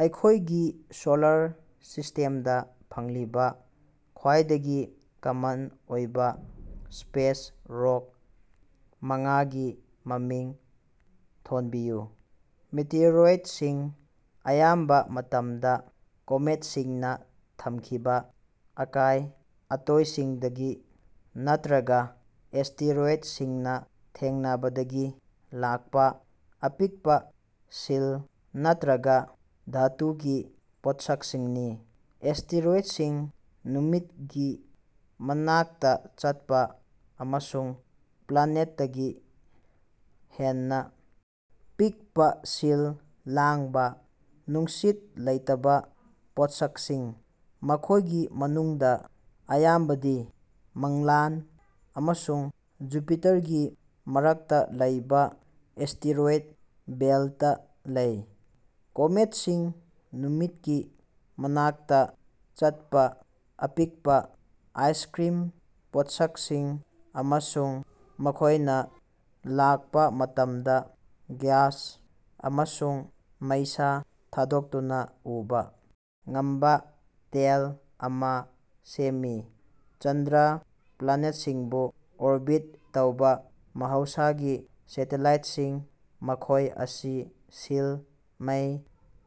ꯑꯩꯈꯣꯏꯒꯤ ꯁꯣꯂꯥꯔ ꯁꯤꯁꯇꯦꯝꯗ ꯐꯪꯂꯤꯕ ꯈ꯭ꯋꯥꯏꯗꯒꯤ ꯀꯃꯟ ꯑꯣꯏꯕ ꯁ꯭ꯄꯦꯁ ꯔꯣꯛ ꯃꯉꯥꯒꯤ ꯃꯃꯤꯡ ꯊꯣꯟꯕꯤꯌꯨ꯫ ꯃꯤꯇꯤꯑꯣꯔꯣꯏꯗꯁꯤꯡ ꯑꯌꯥꯝꯕ ꯃꯇꯝꯗ ꯀꯣꯃꯦꯠꯁꯤꯡꯅ ꯊꯝꯈꯤꯕ ꯑꯀꯥꯏ-ꯑꯇꯣꯏꯁꯤꯡꯗꯒꯤ ꯅꯠꯇ꯭ꯔꯒ ꯑꯦꯁ꯭ꯇꯦꯔꯣꯏꯗꯁꯤꯡꯅ ꯊꯦꯡꯅꯕꯗꯒꯤ ꯂꯥꯛꯄ ꯑꯄꯤꯛꯄ ꯁꯤꯜ ꯅꯠꯇ꯭ꯔꯒ ꯙꯥꯇꯨꯒꯤ ꯄꯣꯠꯁꯛꯁꯤꯡꯅꯤ꯫ ꯑꯦꯁ꯭ꯇꯦꯔꯣꯏꯗꯁꯤꯡ ꯅꯨꯃꯤꯠꯀꯤ ꯃꯅꯥꯛꯇꯆꯠꯄ ꯑꯃꯁꯨꯡ ꯄ꯭ꯂꯥꯅꯦꯠꯇꯒꯤ ꯍꯦꯟꯅ ꯄꯤꯛꯄ ꯁꯤꯜ ꯂꯥꯡꯕꯥ, ꯅꯨꯡꯁꯤꯠ ꯂꯩꯇꯕ ꯄꯣꯠꯁꯛꯁꯤꯡ, ꯃꯈꯣꯏꯒꯤ ꯃꯅꯨꯡꯗ ꯑꯌꯥꯝꯕꯗꯤ ꯃꯪꯂꯥꯟ ꯑꯃꯁꯨꯡ ꯖꯨꯄꯤꯇꯥꯔꯒꯤ ꯃꯔꯛꯇ ꯂꯩꯕ ꯑꯦꯁ꯭ꯇꯦꯔꯣꯏꯗ ꯕꯦꯜꯇꯇ ꯂꯩ꯫ ꯀꯣꯃꯦꯠꯁꯤꯡ ꯅꯨꯃꯤꯠꯀꯤ ꯃꯅꯥꯛꯇ ꯆꯠꯄ ꯑꯄꯤꯛꯄ ꯑꯥꯏꯁꯀ꯭ꯔꯤꯝ ꯄꯣꯠꯁꯛꯁꯤꯡ ꯑꯃꯁꯨꯡ ꯃꯈꯣꯏꯅ ꯂꯥꯛꯄ ꯃꯇꯝꯗ ꯒ꯭ꯌꯥꯁ ꯑꯃꯁꯨꯡ ꯃꯩꯁꯥ ꯊꯥꯗꯣꯛꯇꯨꯅ ꯎꯕ ꯉꯝꯕꯥ "ꯇꯦꯜ" ꯑꯃ ꯁꯦꯝꯃꯤ꯫ ꯆꯟꯗ꯭ꯔ ꯄ꯭ꯂꯥꯅꯦꯠꯁꯤꯡꯕꯨ ꯑꯣꯔꯕꯤꯠ ꯇꯧꯕ ꯃꯍꯧꯁꯥꯒꯤ ꯁꯦꯇꯦꯂꯥꯏꯠꯁꯤꯡ, ꯃꯈꯣꯏ ꯑꯁꯤ ꯁꯤꯜ, ꯃꯩ,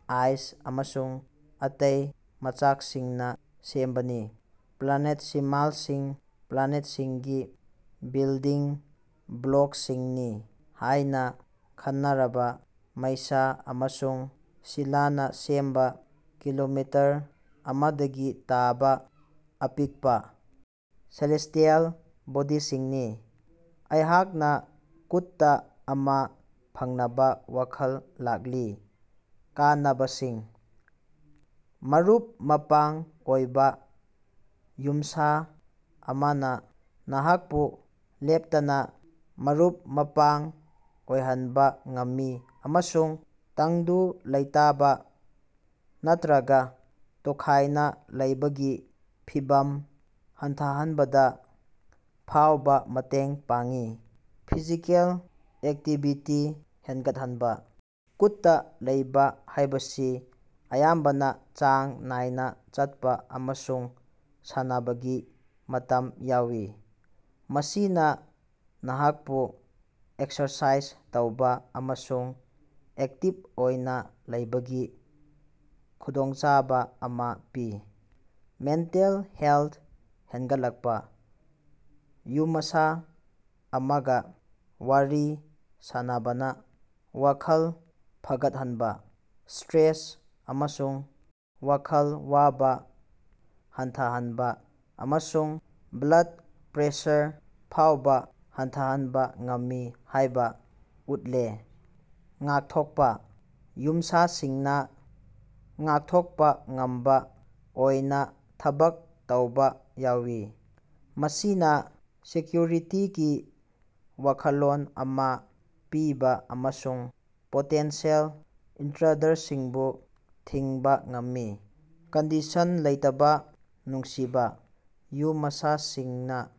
ꯑꯥꯏꯁ ꯑꯃꯁꯨꯡ ꯑꯇꯩ ꯃꯆꯥꯛꯁꯤꯡꯅ ꯁꯦꯝꯕꯅꯤ꯫ ꯄ꯭ꯂꯥꯅꯦꯠꯁꯤꯃꯥꯜꯁꯤꯡ ꯄ꯭ꯂꯥꯅꯦꯠꯁꯤꯡꯒꯤ ꯕꯤꯜꯗꯤꯡ ꯕ꯭ꯂꯣꯛꯁꯤꯡꯅꯤ ꯍꯥꯏꯅ ꯈꯟꯅꯔꯕ ꯃꯩꯁꯥ ꯑꯃꯁꯨꯡ ꯁꯤꯂꯅ ꯁꯦꯝꯕ ꯀꯤꯂꯣꯃꯤꯇꯔ ꯑꯃꯗꯒꯤ ꯇꯥꯕꯥ ꯑꯄꯤꯛꯄꯥ ꯁꯦꯂꯦꯁ꯭ꯇꯤꯑꯦꯜ ꯕꯣꯗꯤꯁꯤꯡꯅꯤ꯫ ꯑꯩꯍꯥꯛꯅ ꯀꯨꯠꯇꯥ ꯑꯃ ꯐꯪꯅꯕ ꯋꯥꯈꯜ ꯂꯥꯛꯂꯤ꯫ ꯀꯥꯟꯅꯕꯁꯤꯡ: ꯃꯔꯨꯞ-ꯃꯄꯥꯡ ꯑꯣꯏꯕ: ꯌꯨꯝꯁꯥ ꯑꯃꯅ ꯅꯍꯥꯛꯄꯨ ꯂꯦꯞꯇꯅ ꯃꯔꯨꯞ-ꯃꯄꯥꯡ ꯑꯣꯏꯍꯟꯕ ꯉꯝꯃꯤ ꯑꯃꯁꯨꯡ ꯇꯪꯗꯨ ꯂꯩꯇꯥꯕꯥ ꯅꯠꯇ꯭ꯔꯒ ꯇꯣꯈꯥꯏꯅ ꯂꯩꯕꯒꯤ ꯐꯤꯚꯝ ꯍꯟꯊꯍꯟꯕꯗ ꯐꯥꯎꯕ ꯃꯇꯦꯡ ꯄꯥꯡꯏ꯫ ꯐꯤꯖꯤꯀꯦꯜ ꯑꯦꯛꯇꯤꯚꯤꯇꯤ ꯍꯦꯟꯒꯠꯍꯟꯕ: ꯀꯨꯠꯇꯥ ꯂꯩꯕ ꯍꯥꯏꯕꯁꯤ ꯑꯌꯥꯝꯕꯅ ꯆꯥꯡ ꯅꯥꯏꯅ ꯆꯠꯄ ꯑꯃꯁꯨꯡ ꯁꯥꯟꯅꯕꯒꯤ ꯃꯇꯝ ꯌꯥꯎꯏ꯫ ꯃꯁꯤꯅ ꯅꯍꯥꯛꯄꯨ ꯑꯦꯛꯁꯔꯁꯥꯏꯖ ꯇꯧꯕ ꯑꯃꯁꯨꯡ ꯑꯦꯛꯇꯤꯕ ꯑꯣꯏꯅ ꯂꯩꯕꯒꯤ ꯈꯨꯗꯣꯡꯆꯥꯕ ꯑꯃ ꯄꯤ꯫ ꯃꯦꯟꯇꯦꯜ ꯍꯦꯜꯊ ꯍꯦꯟꯒꯠꯂꯛꯄ: ꯌꯨꯃꯁꯥ ꯑꯃꯒ ꯋꯥꯔꯤ ꯁꯥꯅꯕꯅ ꯋꯥꯈꯜ ꯐꯒꯠꯍꯟꯕ, ꯁ꯭ꯇꯔꯦꯁ ꯑꯃꯁꯨꯡ ꯋꯥꯈꯜ ꯋꯥꯕ ꯍꯟꯊꯍꯟꯕ, ꯑꯃꯁꯨꯡ ꯕ꯭ꯂꯗ ꯄ꯭ꯔꯦꯁꯔ ꯐꯥꯎꯕ ꯍꯟꯊꯍꯟꯕ ꯉꯝꯃꯤ ꯍꯥꯏꯕ ꯎꯠꯂꯦ꯫ ꯉꯥꯛꯊꯣꯛꯄ: ꯌꯨꯝꯁꯥꯁꯤꯡꯅ ꯉꯥꯛꯊꯣꯛꯄ ꯉꯝꯕ ꯑꯣꯏꯅ ꯊꯕꯛ ꯇꯧꯕ ꯌꯥꯏ꯫ ꯃꯁꯤꯅ ꯁꯦꯀ꯭ꯌꯨꯔꯤꯇꯤꯒꯤ ꯋꯥꯈꯜꯂꯣꯟ ꯑꯃ ꯄꯤꯕ ꯑꯃꯁꯨꯡ ꯄꯣꯇꯦꯟꯁꯤꯑꯦꯜ ꯏꯅꯇ꯭ꯔꯨꯗꯔꯁꯤꯡꯕꯨ ꯊꯤꯡꯕ ꯉꯝꯃꯤ꯫ ꯀꯟꯗꯤꯁꯟ ꯂꯩꯇꯕ ꯅꯨꯡꯁꯤꯕ: ꯌꯨꯃꯁꯥꯁꯤꯡꯅ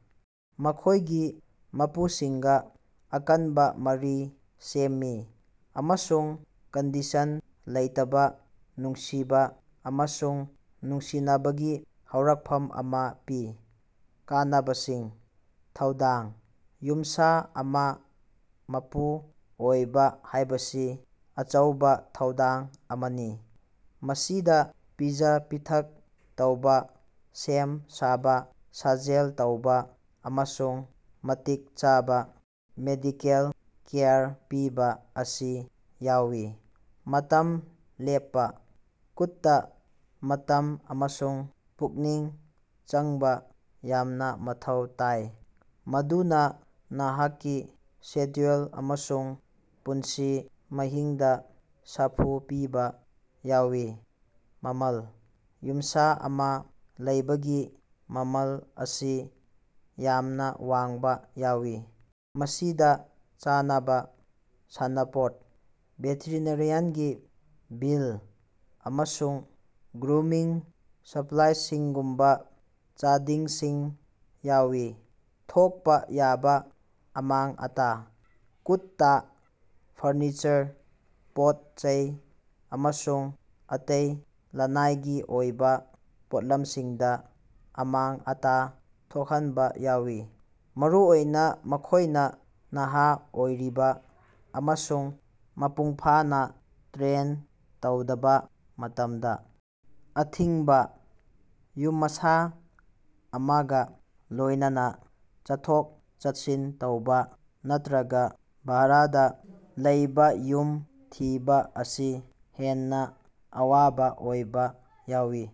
ꯃꯈꯣꯏꯒꯤ ꯃꯄꯨꯁꯤꯡꯒ ꯑꯀꯟꯕ ꯃꯔꯤ ꯁꯦꯝꯃꯤ ꯑꯃꯁꯨꯡ ꯀꯟꯗꯤꯁꯟ ꯂꯩꯇꯕ ꯅꯨꯡꯁꯤꯕ ꯑꯃꯁꯨꯡ ꯅꯨꯡꯁꯤꯅꯕꯒꯤ ꯍꯧꯔꯛꯐꯝ ꯑꯃ ꯄꯤ꯫ ꯀꯥꯟꯅꯕꯁꯤꯡ: ꯊꯧꯗꯥꯡ: ꯌꯨꯝꯁꯥ ꯑꯃ ꯃꯄꯨ ꯑꯣꯏꯕ ꯍꯥꯏꯕꯁꯤ ꯑꯆꯧꯕ ꯊꯧꯗꯥꯡ ꯑꯃꯅꯤ꯫ ꯃꯁꯤꯗ ꯄꯤꯖ-ꯄꯤꯊꯛ ꯇꯧꯕ ꯁꯦꯝ-ꯁꯥꯕ ꯁꯥꯖꯦꯜ ꯇꯧꯕ ꯑꯃꯁꯨꯡ ꯃꯇꯤꯛ ꯆꯥꯕ ꯃꯦꯗꯤꯀꯦꯜ ꯀꯦꯌꯔ ꯄꯤꯕ ꯑꯁꯤ ꯌꯥꯎꯏ꯫ ꯃꯇꯝ ꯂꯦꯞꯄ: ꯀꯨꯠꯇ ꯃꯇꯝ ꯑꯃꯁꯨꯡ ꯄꯨꯛꯅꯤꯡ ꯆꯪꯕ ꯌꯥꯝꯅ ꯃꯊꯧ ꯇꯥꯏ꯫ ꯃꯗꯨꯅ ꯅꯍꯥꯛꯀꯤ ꯁꯦꯗ꯭ꯌꯨꯜ ꯑꯃꯁꯨꯡ ꯄꯨꯟꯁꯤ ꯃꯍꯤꯡꯗ ꯁꯥꯐꯨ ꯄꯤꯕ ꯌꯥꯏ꯫ ꯃꯃꯜ: ꯌꯨꯝꯁꯥ ꯑꯃ ꯂꯩꯕꯒꯤ ꯃꯃꯜ ꯑꯁꯤ ꯌꯥꯝꯅ ꯋꯥꯡꯕ ꯌꯥꯏ꯫ ꯃꯁꯤꯗ ꯆꯥꯅꯕ, ꯁꯥꯟꯅꯄꯣꯠ, ꯚꯦꯇꯔꯤꯅꯔꯤꯌꯥꯟꯒꯤ ꯕꯤꯜ, ꯑꯃꯁꯨꯡ ꯒ꯭ꯔꯨꯃꯤꯡ ꯁꯞꯂꯥꯏꯁꯤꯡꯒꯨꯝꯕ ꯆꯥꯗꯤꯡꯁꯤꯡ ꯌꯥꯎꯏ꯫ ꯊꯣꯛꯄ ꯌꯥꯕ ꯑꯃꯥꯡ-ꯑꯇꯥ: ꯀꯨꯠꯇꯥ ꯐꯔꯅꯤꯆꯔ, ꯄꯣꯠ-ꯆꯩ ꯑꯃꯁꯨꯡ ꯑꯇꯩ ꯂꯅꯥꯏꯒꯤ ꯑꯣꯏꯕ ꯄꯣꯠꯂꯝꯁꯤꯡꯗ ꯑꯃꯥꯡ-ꯑꯇꯥ ꯊꯣꯛꯍꯟꯕ ꯌꯥꯏ꯫ ꯃꯔꯨꯑꯣꯏꯅ ꯃꯈꯣꯏꯅ ꯅꯍꯥ ꯑꯣꯏꯔꯤꯕ ꯑꯃꯁꯨꯡ ꯃꯄꯨꯡꯐꯥꯅ ꯇ꯭ꯔꯦꯟ ꯇꯧꯗꯕ ꯃꯇꯝꯗ꯫ ꯑꯊꯤꯡꯕ: ꯌꯨꯃꯁꯥ ꯑꯃꯒ ꯂꯣꯏꯅꯅ ꯆꯠꯊꯣꯛ-ꯆꯠꯁꯤꯟ ꯇꯧꯕ ꯅꯠꯇ꯭ꯔꯒ ꯚꯥꯔꯥꯗ ꯂꯩꯕ ꯌꯨꯝ ꯊꯤꯕ ꯑꯁꯤ ꯍꯦꯟꯅ ꯑꯋꯥꯕ ꯑꯣꯏꯕ ꯌꯥꯏ꯫